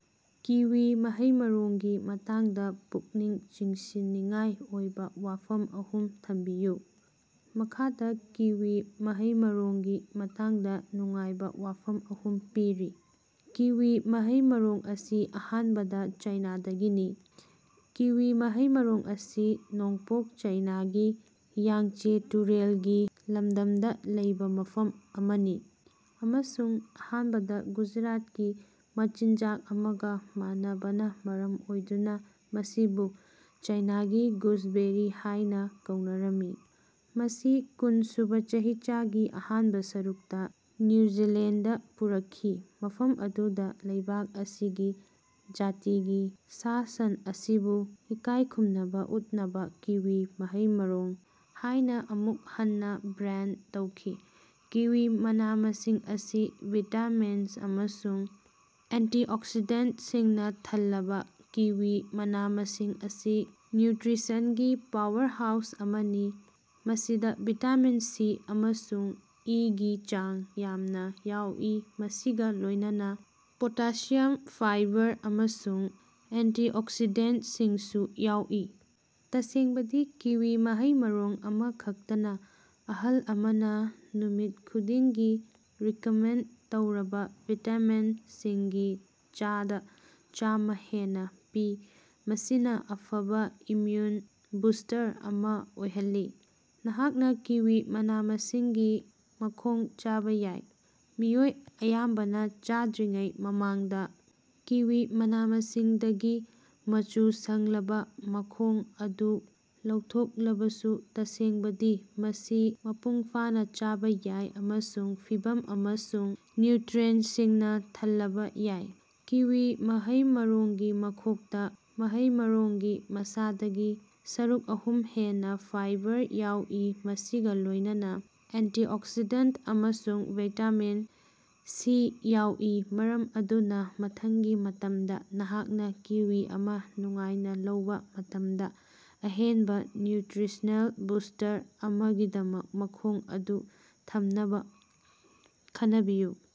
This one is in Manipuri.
ꯀꯤꯋꯤ ꯃꯍꯩ-ꯃꯔꯣꯡꯒꯤ ꯃꯇꯥꯡꯗ ꯄꯨꯛꯅꯤꯡ ꯆꯤꯡꯁꯤꯟꯅꯤꯡꯉꯥꯏ ꯑꯣꯏꯕꯥ ꯋꯥꯐꯝ ꯑꯍꯨꯝ ꯊꯤꯕꯤꯌꯨ꯫ ꯃꯈꯥꯗꯥ ꯀꯤꯋꯤ ꯃꯍꯩ-ꯃꯔꯣꯡꯒꯤ ꯃꯇꯥꯡꯗꯥ ꯅꯨꯡꯉꯥꯏꯕꯥ ꯋꯥꯐꯝ ꯑꯍꯨꯝ ꯄꯤꯔꯤ: ꯀꯤꯋꯤ ꯃꯍꯩ-ꯃꯔꯣꯡ ꯑꯁꯤ ꯑꯍꯥꯟꯕꯗ ꯆꯥꯏꯅꯥꯗꯒꯤꯅꯤ: ꯀꯤꯋꯤ ꯃꯍꯩ-ꯃꯔꯣꯡ ꯑꯁꯤ ꯅꯣꯡꯄꯣꯛ ꯆꯥꯏꯅꯥꯒꯤ ꯌꯥꯡꯆꯦ ꯇꯨꯔꯦꯜꯒꯤ ꯂꯝꯗꯝꯗ ꯂꯩꯕꯥ ꯃꯐꯝ ꯑꯃꯅꯤ ꯑꯃꯁꯨꯡ ꯑꯍꯥꯟꯕꯗ ꯒꯨꯖꯔꯥꯇꯀꯤ ꯃꯆꯤꯟꯖꯥꯛ ꯑꯃꯒ ꯃꯥꯟꯅꯕꯅ ꯃꯔꯝ ꯑꯣꯏꯗꯨꯅ ꯃꯁꯤꯕꯨ "ꯆꯥꯏꯅꯥꯒꯤ ꯒꯨꯖꯕꯦꯔꯤ" ꯍꯥꯢꯅ ꯀꯧꯅꯔꯝꯃꯤ꯫ ꯃꯁꯤ ꯀꯨꯟꯁꯨꯕ ꯆꯍꯤꯆꯥꯒꯤ ꯑꯍꯥꯟꯕ ꯁꯔꯨꯛꯇ ꯅ꯭ꯌꯨ ꯖꯤꯂꯦꯟꯗꯗꯥ ꯄꯨꯔꯛꯈꯤ ꯃꯐꯝ ꯑꯗꯨꯗ ꯂꯩꯕꯥꯛ ꯑꯁꯤꯒꯤ ꯖꯥꯇꯤꯒꯤ ꯁꯥ-ꯁꯟ ꯑꯁꯤꯕꯨ ꯏꯀꯥꯢ ꯈꯨꯝꯅꯕ ꯎꯠꯅꯕ ꯀꯤꯋꯤ ꯃꯍꯩ-ꯃꯔꯣꯡ ꯍꯥꯢꯅ ꯑꯃꯨꯛ ꯍꯟꯅꯥ ꯕ꯭ꯔꯦꯟꯗ ꯇꯧꯈꯤ꯫ ꯀꯤꯋꯤ ꯃꯅꯥ-ꯃꯁꯤꯡ ꯑꯁꯤ ꯚꯤꯇꯥꯃꯤꯟ ꯑꯃꯁꯨꯡ ꯑꯦꯟꯇꯤꯑꯣꯛꯁꯤꯗꯦꯟꯇꯁꯤꯡꯅ ꯊꯜꯂꯕꯥ: ꯀꯤꯋꯤ ꯃꯅꯥ-ꯃꯁꯤꯡ ꯑꯁꯤ ꯅ꯭ꯌꯨꯇ꯭ꯔꯤꯁꯟꯒꯤ ꯄꯥꯋꯔꯍꯥꯎꯁ ꯑꯃꯅꯤ ꯃꯁꯤꯗ ꯚꯤꯇꯥꯃꯤꯟ ꯁꯤ ꯑꯃꯁꯨꯡ ꯏꯒꯤ ꯆꯥꯡ ꯌꯥꯝꯅꯥ ꯌꯥꯎꯏ ꯃꯁꯤꯒꯥ ꯂꯣꯢꯅꯅꯥ ꯄꯣꯇꯥꯁꯤꯌꯝ, ꯐꯥꯏꯕꯔ ꯑꯃꯁꯨꯡ ꯑꯦꯟꯇꯤꯑꯣꯛꯁꯤꯗꯦꯟꯇꯁꯤꯡꯁꯨ ꯌꯥꯎꯏ꯫ ꯇꯁꯦꯡꯕꯗꯤ ꯀꯤꯋꯤ ꯃꯍꯩ ꯃꯔꯣꯡ ꯑꯃꯈꯛꯇꯅ ꯑꯍꯜ ꯑꯃꯅ ꯅꯨꯃꯤꯠ ꯈꯨꯗꯤꯡꯒꯤ ꯔꯤꯀꯃꯦꯟꯗ ꯇꯧꯔꯕ ꯚꯤꯇꯥꯃꯤꯟ ꯁꯤꯒꯤ ꯆꯥꯗꯥ ꯆꯥꯝꯃ ꯍꯦꯟꯅ ꯄꯤ ꯃꯁꯤꯅ ꯑꯐꯕꯥ ꯏꯝꯃꯌꯨꯟ ꯕꯨꯁ꯭ꯇꯔ ꯑꯃ ꯑꯣꯏꯍꯜꯂꯤ꯫ ꯅꯍꯥꯛꯅ ꯀꯤꯋꯤ ꯃꯅꯥ-ꯃꯁꯤꯡꯒꯤ ꯃꯈꯣꯡ ꯆꯥꯕꯥ ꯌꯥꯏ: ꯃꯤꯑꯣꯏ ꯑꯌꯥꯝꯕꯅ ꯆꯥꯗ꯭ꯔꯤꯉꯩ ꯃꯃꯥꯡꯗ ꯀꯤꯋꯤ ꯃꯅꯥ-ꯃꯁꯤꯡꯗꯒꯤ ꯃꯆꯨ ꯁꯪꯂꯕ ꯃꯈꯣꯡ ꯑꯗꯨ ꯂꯧꯊꯣꯛꯂꯕꯁꯨ ꯇꯁꯦꯡꯕꯗꯤ ꯃꯁꯤ ꯃꯄꯨꯡꯐꯥꯅ ꯆꯥꯕꯥ ꯌꯥꯏ ꯑꯃꯁꯨꯡ ꯐꯤꯕꯔ ꯑꯃꯁꯨꯡ ꯅ꯭ꯌꯨꯇ꯭ꯔꯤꯑꯦꯟꯇꯁꯤꯡꯅ ꯊꯜꯂꯕ ꯌꯥꯏ꯫ ꯀꯤꯋꯤ ꯃꯍꯩ-ꯃꯔꯣꯡꯒꯤ ꯃꯈꯣꯛꯇ ꯃꯍꯩ-ꯃꯔꯣꯡꯒꯤ ꯃꯁꯥꯗꯒꯤ ꯁꯔꯨꯛ ꯑꯍꯨꯝ ꯍꯦꯟꯅꯥ ꯐꯥꯏꯕꯔ ꯌꯥꯎꯏ ꯃꯁꯤꯒꯥ ꯂꯣꯢꯅꯅꯥ ꯑꯦꯟꯇꯤꯑꯣꯛꯁꯤꯗꯦꯟꯇ ꯑꯃꯁꯨꯡ ꯚꯤꯇꯥꯃꯤꯟ ꯁꯤ ꯌꯥꯎꯏ ꯃꯔꯝ ꯑꯗꯨꯅ ꯃꯊꯪꯒꯤ ꯃꯇꯝꯗ ꯅꯍꯥꯛꯅ ꯀꯤꯋꯤ ꯑꯃ ꯅꯨꯡꯉꯥꯏꯅꯥ ꯂꯧꯕꯥ ꯃꯇꯝꯗ ꯑꯍꯦꯟꯕ ꯅ꯭ꯌꯨꯇ꯭ꯔꯤꯁꯅꯦꯜ ꯕꯨꯁ꯭ꯇꯔ ꯑꯃꯒꯤꯗꯃꯛ ꯃꯈꯣꯛ ꯑꯗꯨ ꯊꯝꯅꯕꯥ ꯈꯟꯅꯕꯤꯌꯨ꯫